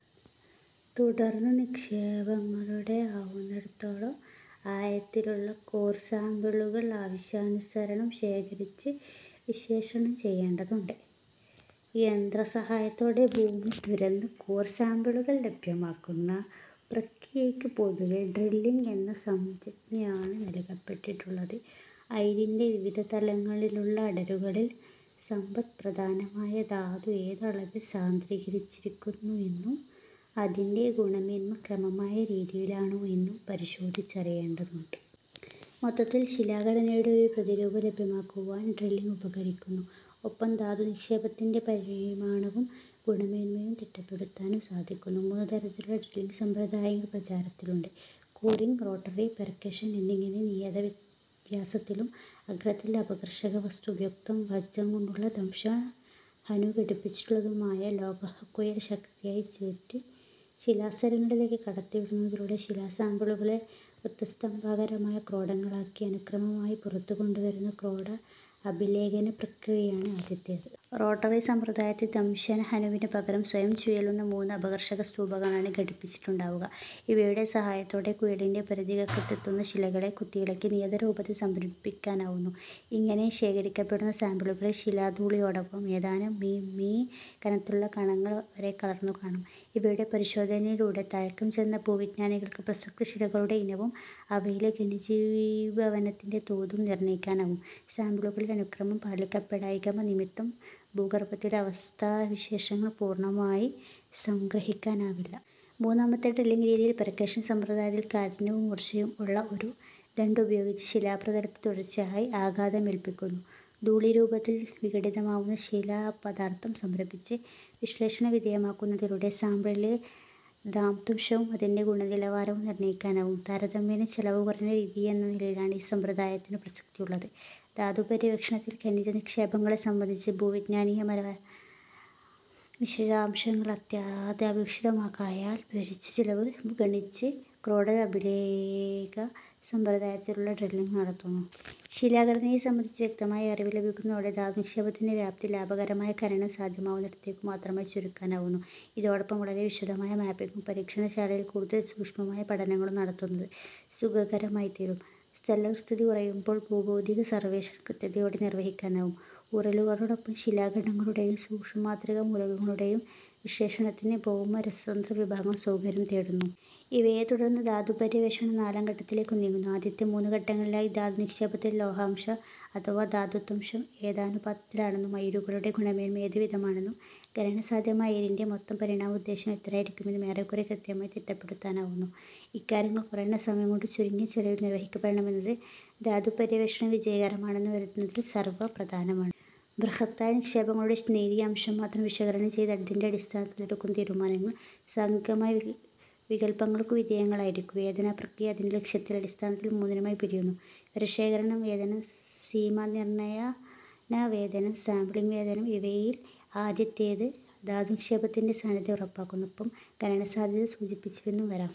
തുടർന്ന് നിക്ഷേപങ്ങളുടെ ആവുന്നിടത്തോളം ആഴത്തിലുള്ള കോർ സാമ്പിളുകൾ ആവശ്യാനുസരണം ശേഖരിച്ച് വിശ്ലേഷണം ചെയ്യേണ്ടതുണ്ട്. യന്ത്രസഹായത്തോടെ ഭൂമി തുരന്ന് കോർ സാമ്പിളുകൾ ലഭ്യമാക്കുന്ന പ്രക്രിയയ്ക്ക് പൊതുവേ ഡ്രില്ലിങ് എന്ന സംജ്ഞയാണ് നല്കപ്പെട്ടിട്ടുള്ളത്. അയിരിന്റെ വിവിധ തലങ്ങളിലുള്ള അടരുകളിൽ സമ്പദ്പ്രധാനമായ ധാതു ഏതളവിൽ സാന്ദ്രീകരിച്ചിരിക്കുന്നുവെന്നും അതിന്റെ ഗുണമേന്മ ക്രമമായ രീതിയിലാണോ എന്നും പരിശോധിച്ചറിയേണ്ടതുണ്ട്. മൊത്തത്തിൽ ശിലാഘടനയുടെ ഒരു പ്രതിരൂപം ലഭ്യമാക്കുവാൻ ഡ്രില്ലിങ് ഉപകരിക്കുന്നു. ഒപ്പം ധാതുനിക്ഷേപത്തിന്റെ പരിമാണവും ഗുണമേന്മയും തിട്ടപ്പെടുത്താനും സാധിക്കുന്നു. മൂന്നുതരത്തിലുള്ള ഡ്രില്ലിങ് സമ്പ്രദായങ്ങൾ പ്രചാരത്തിലുണ്ട്: കോറിങ്, റോട്ടറി, പെർക്കഷൻ എന്നിങ്ങനെ. നിയത വ്യാസത്തിലും അഗ്രത്തിൽ അപഘർഷക വസ്തു ഉപയുക്തം വജ്രം കൊണ്ടുള്ള ദംശന-ഹനു ഘടിപ്പിച്ചിട്ടുള്ളതുമായ ലോഹക്കുഴൽ ശക്തിയായി ചുഴറ്റി ശിലാസ്തരങ്ങളിലേക്ക് കടത്തിവിടുന്നതിലൂടെ ശിലാസാമ്പിളുകളെ വൃത്തസ്തംഭാകാരമായ ക്രോഡങ്ങളാക്കി അനുക്രമമായി പുറത്തുകൊണ്ടുവരുന്ന 'ക്രോഡ-അഭിലേഖന' പ്രക്രിയയാണ് ആദ്യത്തേത്. റോട്ടറി സമ്പ്രദായത്തിൽ ദംശനഹനുവിനു പകരം സ്വയം ചുഴലുന്ന മൂന്ന് അപഘർഷക-സ്തൂപങ്ങളാണ് ഘടിപ്പിച്ചിട്ടുണ്ടാവുക. ഇവയുടെ സഹായത്തോടെ കുഴലിന്റെ പരിധിക്കകത്തെത്തുന്ന ശിലകളെ കുത്തിയിളക്കി നിയത രൂപത്തിൽ സംഭരിക്കാനാവുന്നു; ഇങ്ങനെ ശേഖരിക്കപ്പെടുന്ന സാമ്പിളുകളിൽ ശിലാധൂളിയോടൊപ്പം ഏതാനും മി. മീ. കനത്തിലുള്ള കണങ്ങൾ വരെ കലർന്നു കാണാം. ഇവയുടെ പരിശോധനയിലൂടെ തഴക്കംചെന്ന ഭൂവിജ്ഞാനികൾക്ക് പ്രസക്ത ശിലകളുടെഇനവും അവയിലെ ഖനിജീഭവനത്തിന്റെ തോതും നിർണയിക്കാനാവും; സാമ്പിളുകളിൽ അനുക്രമം പാലിക്കപ്പെടായ്ക നിമിത്തം ഭൂഗർഭത്തിലെ അവസ്ഥാവിശേഷങ്ങൾ പൂർണമായി സംഗ്രഹിക്കാനാവില്ല. മൂന്നാമത്തെ ഡ്രില്ലിങ് രീതിയായ പെർക്കഷൻ സമ്പ്രദായത്തിൽ കാഠിന്യവും മൂർച്ചയും ഉള്ള ഒരു ദണ്ഡുപയോഗിച്ച് ശിലാപ്രതലത്തിൽ തുടർച്ചയായി ആഘാതമേല്പിക്കുന്നു; ധൂളീരൂപത്തിൽ വിഘടിതമാവുന്ന ശിലാപദാർഥം സംഭരിച്ച് വിശ്ളേഷണവിധേയമാക്കുന്നതിലൂടെ സാമ്പിളിലെ ധാത്വംശവും അതിന്റെ ഗുണനിലവാരവും നിർണയിക്കാനാവും. താരതമ്യേന ചെലവുകുറഞ്ഞ രീതിയെന്നനിലയിലാണ് ഈ സമ്പ്രദായത്തിനു പ്രസക്തിയുള്ളത്. ധാതുപര്യവേക്ഷണത്തിൽ ഖനിജ നിക്ഷേപങ്ങളെ സംബന്ധിച്ച ഭൂവിജ്ഞാനീയപരമായ വിശദാംശങ്ങൾ അത്യന്താപേക്ഷിതമാകയാൽ ഭാരിച്ച ചെലവ് വിഗണിച്ച് ക്രോഡ-അഭിലേഖനസമ്പ്രദായത്തിലുള്ള ഡ്രില്ലിങ് നടത്തുന്നു. ശിലാഘടനയെ സംബന്ധിച്ച് വ്യക്തമായ അറിവ് ലഭിക്കുന്നതോടെ ധാതുനിക്ഷേപത്തിന്റെ വ്യാപ്തി ലാഭകരമായ ഖനനം സാധ്യമാവുന്നിടത്തേക്കു മാത്രമായി ചുരുക്കാനാവുന്നു. ഇതോടൊപ്പം വളരെ വിശദമായ മാപ്പിങ്ങും പരീക്ഷണശാലയിൽ കൂടുതൽ സൂക്ഷ്മമായ പഠനങ്ങളും നടത്തുന്നത് സുകരമായിത്തീരും. സ്ഥലവിസ്തൃതി കുറയുമ്പോൾ ഭൂഭൌതിക സർവേഷണം കൃത്യതയോടെ നിർവഹിക്കാനാവും. ഊറലുകളോടൊപ്പം ശിലാഖണ്ഡങ്ങളുടെയും സൂക്ഷ്മമാത്രികാമൂലകങ്ങളുടെയും വിശ്ലേഷണത്തിന് ഭൗമ രസതന്ത്ര വിഭാഗം സൗകര്യം തേടുന്നു. ഇവയെത്തുടർന്ന് ധാതുപര്യവേഷണം നാലാം ഘട്ടത്തിലേക്കു നീങ്ങുന്നു. ആദ്യത്തെ മൂന്നുഘട്ടങ്ങളിലായി ധാതുനിക്ഷേപത്തിലെ ലോഹാംശം അഥവാ ധാത്വംശം ഏതനുപാതത്തിലാണെന്നും അയിരുകളുടെ ഗുണമേന്മ ഏതു വിധമാണെന്നും, ഖനന സാധ്യമായ അയിരിന്റെ മൊത്തം പരിമാണം ഉദ്ദേശം എത്രയായിരിക്കുമെന്നും ഏറെക്കുറെ കൃത്യമായി തിട്ടപ്പെടുത്താനാവുന്നു. ഇക്കാര്യങ്ങൾ കുറഞ്ഞ സമയംകൊണ്ട്, ചുരുങ്ങിയ ചെലവിൽ നിർവഹിക്കപ്പെടണമെന്നത്, ധാതുപര്യവേഷണം വിജയകരമാണെന്നു വരുത്തുന്നതിൽ സർവപ്രധാനമാണ്. ബൃഹത്തായ നിക്ഷേപങ്ങളുടെ നേരിയ അംശം മാത്രം വിശകലനം ചെയ്ത് അതിന്റെ അടിസ്ഥാനത്തിൽ എടുക്കുന്ന തീരുമാനങ്ങൾ സാംഖ്യികമായ വികല്പങ്ങൾക്കു വിധേയങ്ങളായിരിക്കും. വേധന പ്രക്രിയ, അതിന്റെ ലക്ഷ്യത്തിന്റെ അടിസ്ഥാനത്തിൽ മൂന്നിനമായി പിരിയുന്നു: വിവരശേഖരണ വേധനം; സീമാനിർണയന വേധനം; സാമ്പ്ളിങ് വേധനം. ഇവയിൽ ആദ്യത്തേത് ധാതുനിക്ഷേപത്തിന്റെ സാന്നിധ്യം ഉറപ്പാക്കുന്നു; ഒപ്പം ഖനനസാധ്യത സൂചിപ്പിച്ചുവെന്നുംവരാം.